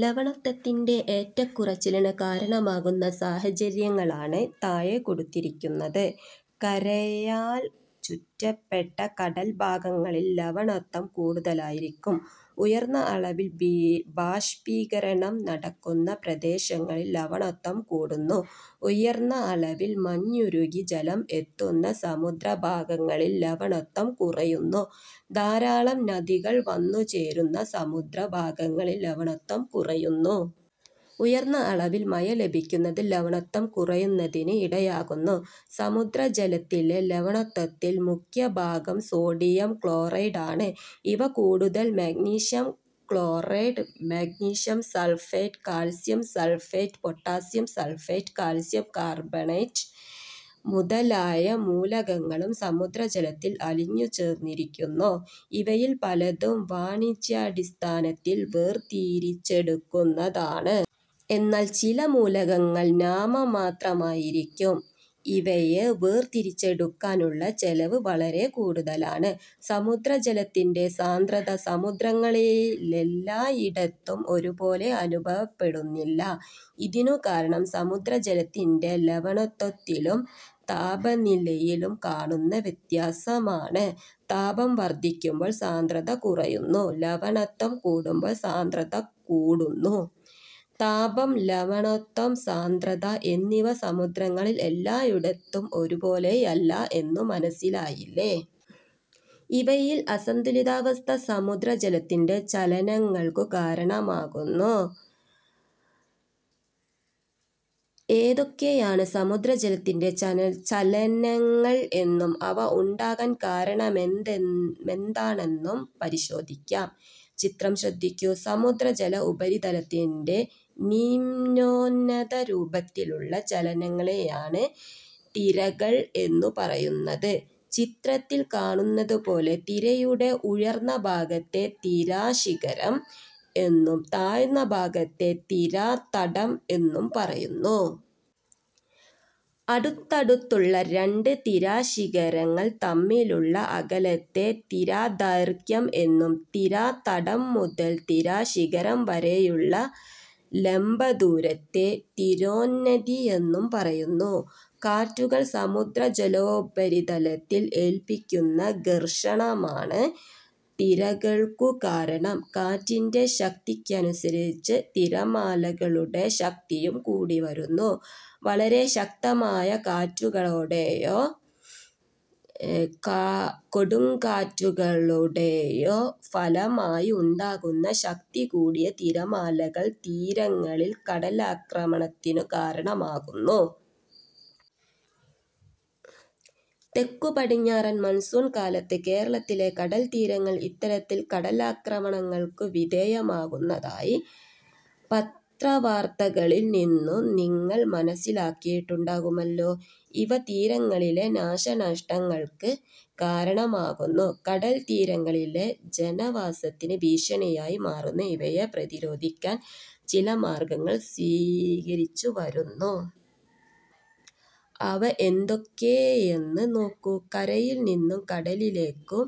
ലവണത്വത്തിന്റെ ഏറ്റക്കുറച്ചിലിന് കാരണമാകുന്ന സാഹചര്യങ്ങളാണ് താഴെ കൊടുത്തിരിക്കുന്നത്. കരയാൽ ചുറ്റപ്പെട്ട കടൽഭാഗങ്ങളിൽ ലവണത്വം കൂടുതലായിരിക്കും. ഉയർന്ന അളവിൽ ബാഷ്പീകരണം നടക്കുന്ന പ്രദേശങ്ങളിൽ ലവണത്വം കൂടുന്നു. ഉയർന്ന അളവിൽ മഞ്ഞുരുകി ജലം എത്തുന്ന സമുദ്രഭാഗങ്ങളിൽ ലവണത്വം കുറയുന്നു. ധാരാളം നദികൾ വന്നു ചേരുന്ന സമുദ്ര ഭാഗങ്ങളിൽ ലവണത്വം കുറയുന്നു. ഉയർന്ന അളവിൽ മഴ ലഭിക്കുന്നത് ലവണത്വം കുറയുന്നതിന് ഇടയാക്കുന്നു. സമുദ്രജലത്തിലെ ലവണത്വത്തിൽ മുഖ്യഭാഗം സോഡിയം ക്ലോറൈഡ് ആണ്. ഇവ കൂടാതെ magnesium chloride, magnesium sulphate, calcium sulphate, potassium sulphate, calcium carbonate മുതലായ മൂലകങ്ങളും സമുദ്രജലത്തിൽ അലിഞ്ഞുചേർന്നിരിക്കുന്നു. ഇവയിൽ പലതും വാണിജ്യാടിസ്ഥാനത്തിൽ വേർ തിരിച്ചെടുക്കാവുന്നതാണ്. എന്നാൽ ചില മൂലകങ്ങൾ നാമമാത്രമായിരിക്കും. ഇവയെ വേർതിരിച്ചെടുക്കാനുള്ള ചെലവ് വളരെ കൂടുതലാണ്. സമുദ്രജലത്തിന്റെ സാന്ദ്രത സമുദ്രങ്ങളിലെല്ലായിടത്തും ഒരുപോലെ അനുഭവപ്പെടുന്നില്ല. ഇതിനു കാരണം സമുദ്രജലത്തിന്റെ ലവണത്വത്തിലും താപനിലയിലും കാണുന്ന വ്യത്യാസമാണ്. താപം വർധിക്കുമ്പോൾ സാന്ദ്രത കുറയുന്നു; ലവണത്വം കൂടുമ്പോൾ സാന്ദ്രത കുടുന്നു. താപം, ലവണത്വം, സാന്ദ്രത എന്നിവ സമുദ്രങ്ങളിൽ എല്ലായിടത്തും ഒരുപോലെയല്ല എന്നു മനസ്സിലായില്ലേ. ഇവയിലെ അസന്തുലിതാവസ്ഥ സമുദ്രജലത്തിന്റെ ചലനങ്ങൾക്കു കാരണമാകുന്നു. ഏതൊക്കെയാണ് സമുദ്രജലത്തിന്റെ ചലനങ്ങൾ എന്നും അവ ഉണ്ടാകാൻ കാരണമെന്താണെന്നും പരിശോധിക്കാം. ചിത്രം ശ്രദ്ധിക്കൂ. സമുദ്രജല ഉപരിതലത്തിന്റെ നിമ്നോന്നത രൂപത്തിലുള്ള ചലനങ്ങളെയാണ് തിരകൾ എന്നു പറയുന്നത്. ചിത്രത്തിൽ കാണുന്നതുപോലെ തിരയുടെ ഉയർന്ന ഭാഗത്തെ തിരാശിഖരം എന്നും താഴ്ന്ന ഭാഗത്തെ തിരാതടം എന്നും പറയുന്നു. അടുത്തടുത്തുള്ള രണ്ട് തിരാശിഖരങ്ങൾ തമ്മിലുള്ള അകലത്തെ തിരാദൈർഘ്യം എന്നും തിരാതടം മുതൽ തിരശിഖരം വരെയുള്ള ലംബദൂരത്തെ തിരോന്നതി എന്നും പറയുന്നു. കാറ്റുകൾ സമുദ്രജലോപരിതലത്തിൽ ഏൽപ്പിക്കുന്ന ഘർഷണമാണ് തിരകൾക്കു കാരണം. കാറ്റിന്റെ ശക്തിക്കനുസരിച്ച് തിരമാലകളുടെ ശക്തിയും കൂടിവരുന്നു. വളരെ ശക്തമായ കാറ്റുകളുടെയോ കൊടുങ്കാറ്റുകളുടെയോ ഫലമായി ഉണ്ടാകുന്ന ശക്തികൂടിയ തിരമാലകൾ തീരങ്ങളിൽ കടലാക്രമണത്തിനു കാരണമാകുന്നു. തെക്കു-പടിഞ്ഞാറൻ മൺസൂൺ കാലത്ത് കേരളത്തിലെ കടൽത്തീരങ്ങൾ ഇത്തരത്തിൽ കടലാക്രമണങ്ങൾക്കു വിധേയമാകുന്നതായി പത്രവാർത്തകളിൽ നിന്നു നിങ്ങൾ മനസ്സിലാക്കിയിട്ടുണ്ടാകുമല്ലോ. ഇവ തീരങ്ങളിലെ നാശനഷ്ടങ്ങങ്ങൾക്ക് കാരണമാകുന്നു. കടൽത്തീരങ്ങളിലെ ജനവാസത്തിന് ഭീഷണിയായി മാറുന്ന ഇവയെ പ്രതിരോധിക്കാൻ ചില മാർഗങ്ങൾ സ്വീകരിച്ചുവരുന്നു. അവ എന്തൊക്കെയെന്ന് നോക്കൂ. കരയിൽ നിന്നു കടലിലേക്കും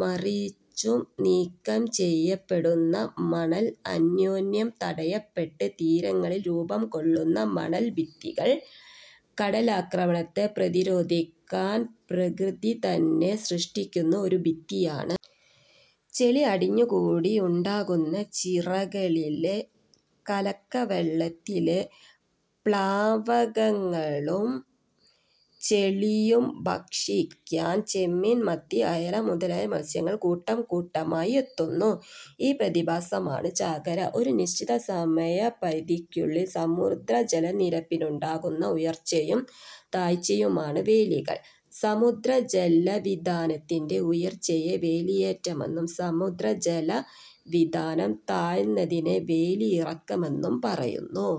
മറിച്ചും നീക്കം ചെയ്യപ്പെടുന്ന മണൽ അന്യോന്യം തടയപ്പെട്ട് തീരങ്ങളിൽ രൂപംകൊള്ളുന്ന മണൽഭിത്തികൾ കടലാക്രമണത്തെ പ്രതിരോധിക്കാൻ പ്രകൃതിതന്നെ സൃഷ്ടിക്കുന്ന ഒരു ഭിത്തിയാണ്. ചെളി അടിഞ്ഞുകൂടി ഉണ്ടാകുന്ന ചിറകളിലെ കലക്കവെളളത്തിലെ പ്ലവകങ്ങളും ചെളിയും ഭക്ഷിക്കാൻ ചെമ്മീൻ, മത്തി, അയല മുതലായ മത്സ്യങ്ങൾ കൂട്ടംകൂട്ടമായി എത്തുന്നു. ഈ പ്രതിഭാസമാണ് ചാകര. ഒരു നിശ്ചിത സമയപരിധിക്കുള്ളിൽ സമുദ്രജലനിരപ്പിനുണ്ടാകുന്ന ഉയർച്ചയും താഴ്ചയുമാണ് വേലികൾ. സമുദ്രജല വിതാനത്തിന്റെ ഉയർച്ചയെ വേലിയേറ്റമെന്നും സമുദ്രജല വിതാനം താഴുന്നതിനെ വേലിയിറക്കമെന്നും പറയുന്നു.